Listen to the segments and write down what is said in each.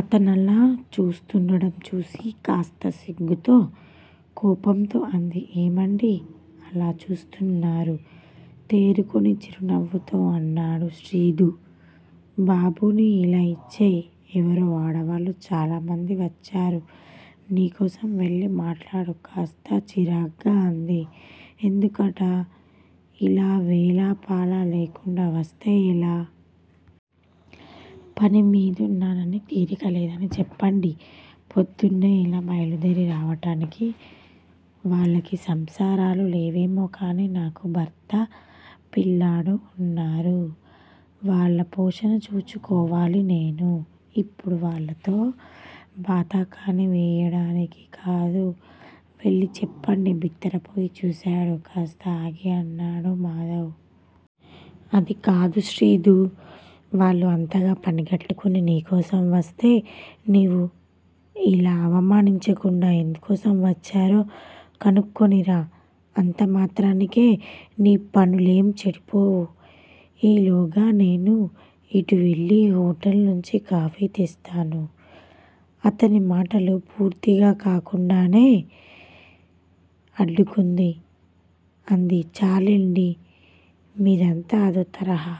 అతనలా చూస్తుండటం చూసి కాస్త సిగ్గుతో కోపంతో అంది ఏమండీ అలా చూస్తున్నారు? తేరుకుని చిరునవ్వుతో అన్నాడు శ్రీదూ! బాబుని ఇలా ఇచ్చేయ్, ఎవరో ఆడవాళ్ళు చాలామంది వచ్చారు నీకోసం వెళ్ళి మాట్లాడు కాస్త చిరాగ్గా అంది ఎందుకట? ఇలా వేళా పాళా లేకుండా వస్తే ఎలా? పనిమీదున్నానని తీరిక లేదని చెప్పండి. పొద్దున్నే ఇలా బయలుదేరి రావటానికి వాళ్ళకి సంసారాలు లేవేమో కాని నాకు భర్త, పిల్లాడు వున్నారు. వాళ్ళ పోషణ చూచుకోవాలి నేను. ఇపుడు వాళ్ళతో బాతాఖాని వేయటానికి కాదు. వెళ్ళి చెప్పండి. బిత్తరపోయి చూశాడు కాస్త ఆగి అన్నాడు మాధవ్! అది కాదు శ్రీదూ, వాళ్లు అంతగా పనిగట్టుకుని నీ కోసం వస్తే నీవు ఇలా అవమానించకుండా ఎందుకోసం వచ్చారో కనుక్కుని రా, అంతమాత్రానికే నీ పనులేంచెడిపోవు. ఈలోగా నేను ఇటు వెళ్లి హొటల్ నుంచి కాఫీ తెస్తాను. అతని మాటలు పూర్తికాకుండానే అడ్డుకుని అంది చాల్లెండి, మిదంతా అదో తరహా.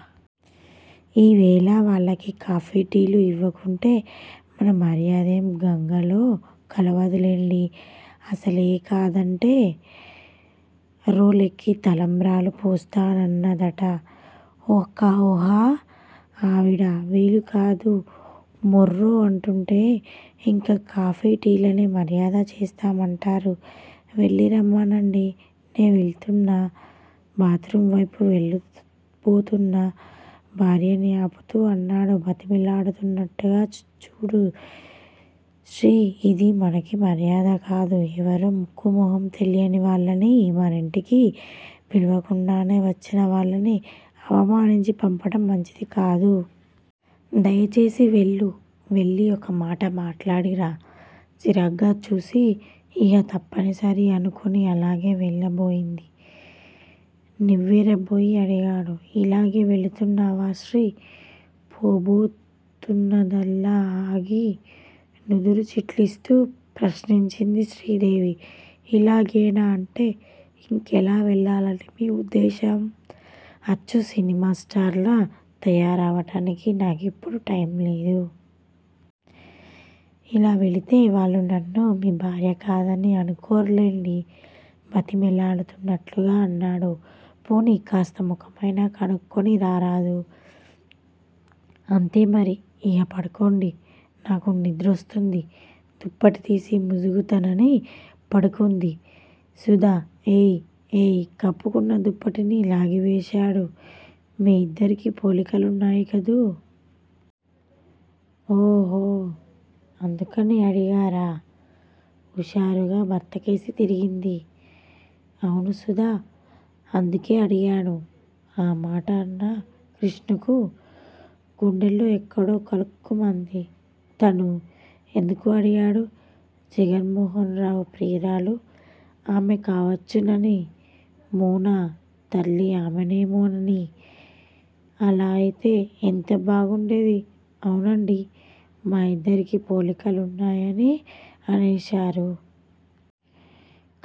ఈవేళ వాళ్ళకి కాఫీ, టీలు ఇవ్వకుంటే మన మర్యాదెం గంగలో కలవదు లెండి. అసలే కాదంటే రోలెక్కి తలంబ్రాలు పోస్తానన్నదట ఒహ ఆవిడ వీలుకాదు మొఱ్ఱో అంటుంటే ఇంకా కాఫీ, టీలని మర్యాద చేస్తామంటారు వెళ్ళిరమ్మనండి. నే వెళుతున్నా. బాత్ రూమ్ వైపు వెళ్ళబోతున్న భార్యని ఆపుతూ అన్నాడు బతిమాలుతున్నట్టుగా చూడు శ్రీ ఇది మనకి మర్యాద కాదు ఎవరో ముక్కు మొహం తెలియని వాళ్ళని మనింటికి పిలవకుండానే వచ్చిన వాళ్ళని అవమానించి పంపటం మంచిది కాదు. దయచేసి వెళ్ళు. వెళ్ళి ఒకమాట మాట్లాడిరా. చిరాగ్గా చూసి ఇహ తప్పనిసరి అనుకుని అలాగే వెళ్ళబోయింది. నివ్వేరబోయి అడిగాడు ఇలాగే వెడుతున్నావా శ్రీ పోబోతున్నదల్లా ఆగి నుదురు చిట్లిస్తూ ప్రశ్నించింది శ్రీదేవి! ఇలాగేనా అంటే ఇంకెలా వెళ్ళాలని మీ ఉద్దేశం? అచ్చు సినిమా స్టార్లా తయారవటానికి నా కిప్పుడు టైం లేదు. ఇలా వెళితే వాళ్లు నన్ను మీ భార్య కాదని అనుకోర్లెండి? బ్రతిమాలుతున్నట్టుగా అన్నాడు. పోనీ కాస్త ముఖం అయినా కడుక్కుని రారాదూ! అంతే, మరి? ఇహ పడుకోండి, నాకు నిద్రొస్తోంది దుప్పటి తీసి ముసుగుతనని పడుకుంది సుధ. ఏయ్! ఏయ్! కప్పుకొన్న దుప్పటిని లాగివేశాడు. మీ ఇద్దరికీ పోలికలున్నాయి కదూ? ఓహో! అందుకని అడిగారా? ఉషారుగా భర్తకేసి తిరిగింది. అవును సుధా! అందుకే అడిగాను. ఆమాట అన్న కృష్ణకు గుండెల్లో ఎక్కడో కలుక్కుమంది. తను ఎందుకు అడిగాడు? జగన్మోహనరావు ప్రియురాలు ఆమె కావచ్చునని! మోనా తల్లి ఆమేనేమోనని! అలా అయితే ఎంత బాగుండేది? అవునండీ! మా ఇద్దరికీ పోలికలున్నాయని అనేవారు.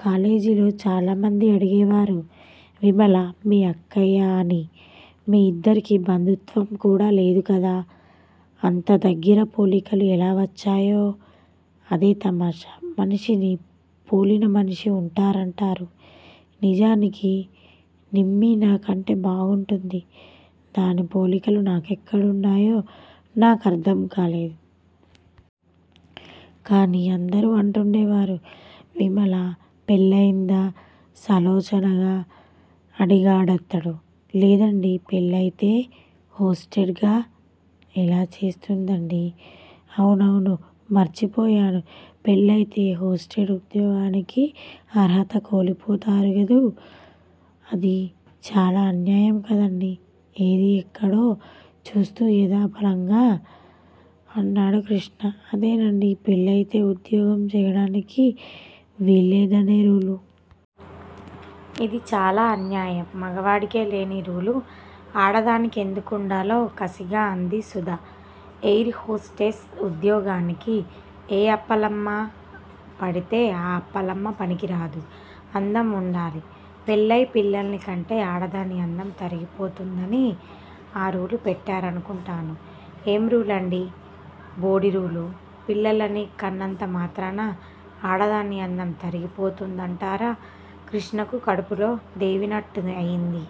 కాలేజీలో చాలామంది అడిగేవారు విమల మీ అక్కయ్యా అని. మీ ఇద్దరికీ బంధుత్వం కూడా లేదు కదా? అంతదగ్గిర పోలికలు ఎలా వచ్చాయో? అదే తమాషా! మనిషిని పోలిన మనిషి ఉంటారంటారు. నిజానికి నిమ్మీ నాకంటే బాగుంటుంది. దాని పోలికలు నాకెక్కడున్నాయో నా కర్ధం కాదు. కాని అందరూ అంటుండేవారు. విమల పెళ్ళయిందా? సాలోచనగా అడిగాడతడు. లేదండీ! పెళ్ళయితే హోస్టెస్ గా ఎలా చేస్తుందండీ? అవునవును. మర్చిపోయాను. పెళ్ళయితే హోస్టెస్ ఉద్యోగానికి అర్హత కోల్పోతారుగదూ? అది చాలా అన్యాయం కదండీ! ఏదీ? ఎక్కడో చూస్తూ యధాలాపంగా అన్నాడు కృష్ణ. అదేనండీ! పెళ్ళయితే ఉద్యోగం చేయడానికి వీల్లేదనే రూలు. ఇది చాలా అన్యాయం. మగవాడికి లేని రూలు ఆడదానికి ఎందుకుండాలో? కసిగా అంది సుధ. ఎయిర్ హోస్టెస్ ఉద్యోగానికి ఏ అప్పలమ్మ పడితే ఆ అప్పలమ్మ పనికిరాదు. అందం ఉండాలి. పెళ్ళయి పిల్లల్నికంటె ఆడదాని అందం తరిగిపోతుందని ఆ రూలు పెట్టారనుకుంటాను. ఏం రూలండీ బోడిరూలు? పిల్లలని కన్నంతమాత్రాన ఆడదాని అందం తరిగిపోతుందంటారా! కృష్ణకు కడుపులో దేవినట్టయింది.